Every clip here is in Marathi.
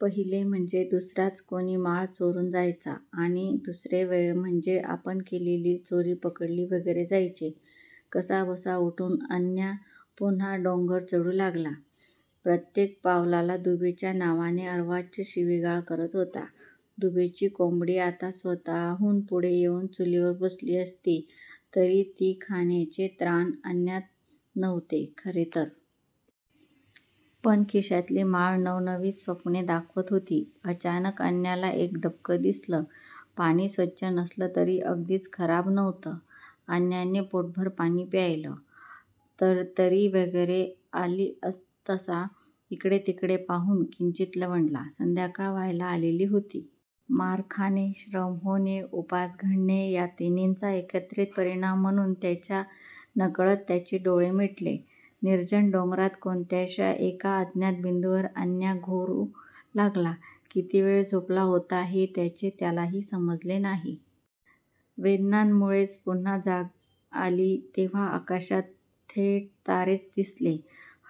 पहिले म्हणजे दुसराच कोणी माळ चोरून जायचा. आणि दुसरे म्हणजे आपण केलेली चोरी पकडली वगैरे जायची. कसाबसा उठून अन्या पुन्हा डोंगर चढू लागला. प्रत्येक पावलाला दुबेच्या नावाने अर्वाच्य शिवीगाळ करत होता. दुबेची कोंबडी आत्ता स्वतःहून पुढे येऊन चुलीवर बसली असती तरी ती खाण्याचे त्राण अन्यात नव्हते खरे तर! पण खिशातील माळ नवनवी स्वप्ने दाखवत होती. अचानक अन्याला एक डबकं दिसलं! पाणी स्वच्छ नसलं तरी अगदीच खराब नव्हतं! अन्याने पोटभर पाणी प्यायलं! तरतरी वगैरे आली तसा इकडेतिकडे पाहून किंचित लवंडला. संध्याकाळ व्हायला आलेली होती. मार खाणे, श्रम होणे, उपास घडणे या तिन्हीचा एकत्रीत परिणाम म्हणून त्याच्या नकळत त्याचे डोळे मिटले. निर्जन डोंगरात कोणत्याश्या एका अज्ञात बिंदूवर अन्या घोरू लागला. किती वेळ झोपला होता हे त्याचे त्यालाही समजले नाही. वेदनांमुळेच पुन्हा जाग आली तेव्हा आकाशात थेट तारेच दिसले.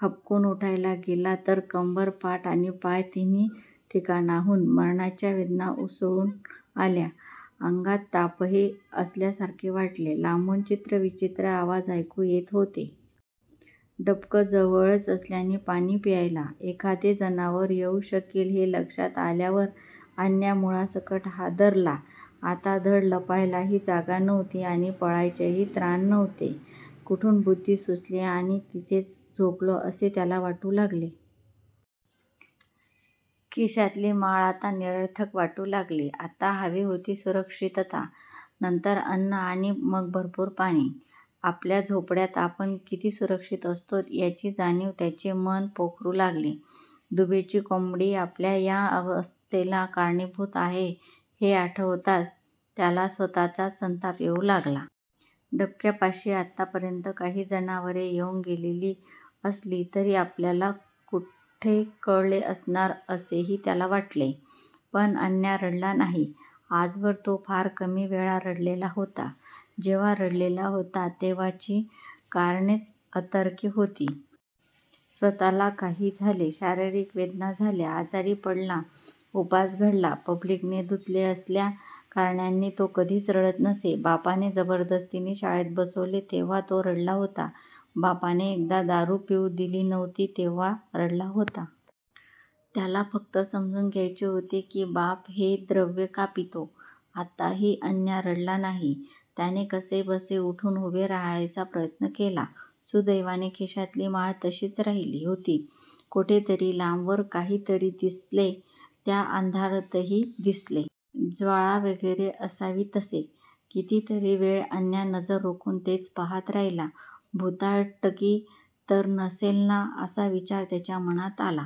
हबकून उठायला गेला तर कंबर, पाठ आणि पाय तिन्ही ठिकाणाहून मरणाच्या वेदना उसळून आल्या. अंगात तापही असल्यासारखे वाटले. लांबून चित्रविचित्र आवाज ऐकू येत होते. डबकं जवळच असल्याने पाणी प्यायला एखादे जनावर येऊ शकेल हे लक्षात आल्यावर अन्या मुळासकट हादरला. आता धड लपायलाही जागा नव्हती आणि पळायचेही त्राण नव्हते. कुठून बुद्धी सुचली आणि इथेच झोपलो असे त्याला वाटू लागले. खिशातली माळ आता निरर्थक वाटू लागली. आत्ता हवी होती सुरक्षितता, नंतर अन्न आणि मग भरपूर पाणी! आपल्या झोपड्यात आपण किती सुरक्षित असतो याची जाणीव त्याचे मन पोखरू लागली. दुबेची कोंबडी आपल्या या अवस्थेला कारणीभूत आहे हे आठवताच त्याला स्वतःचाच संताप येऊ लागला. डबक्यापाशी आत्तापर्यंत काही जनावरे येऊन गेलेलीही असली तरी आपल्याला कुठे कळले असणार असेही त्याला वाटले. पण अन्या रडला नाही. आजवर तो फार कमी वेळा रडलेला होता. जेव्हा रडलेला होता तेव्हाची कारणेच अतर्क्य होती. स्वतःला काही झाले, शारीरिक वेदना झाल्या, आजारी पडला, उपास घडला, पब्लिकने धुतले असल्या कारणांनी तो कधीच रडत नसे. बापाने जबरदस्तीने शाळेत बसवले तेव्हा तो रडला होता. बापाने एकदा दारू पिऊ दिली नव्हती तेव्हा रडला होता. त्याला फक्त समजून घ्यायचे होते की बाप हे द्रव्य का पितो. आत्ताही अन्या रडला नाही. त्याने कसेबसे उठून उभे राहायचा प्रयत्न केला. सुदैवाने खिशातील माळ तशीच राहिलेली होती. कोठेतरी लांबवर काहीतरी दिसले. त्या अंधारातही दिसले. ज्वाळा वगैरे असावी तसे! कितीतरी वेळ अन्या नजर रोखून तेच पाहात राहिला. भुताटकी तर नसेल ना असा विचार त्याच्या मनात आला.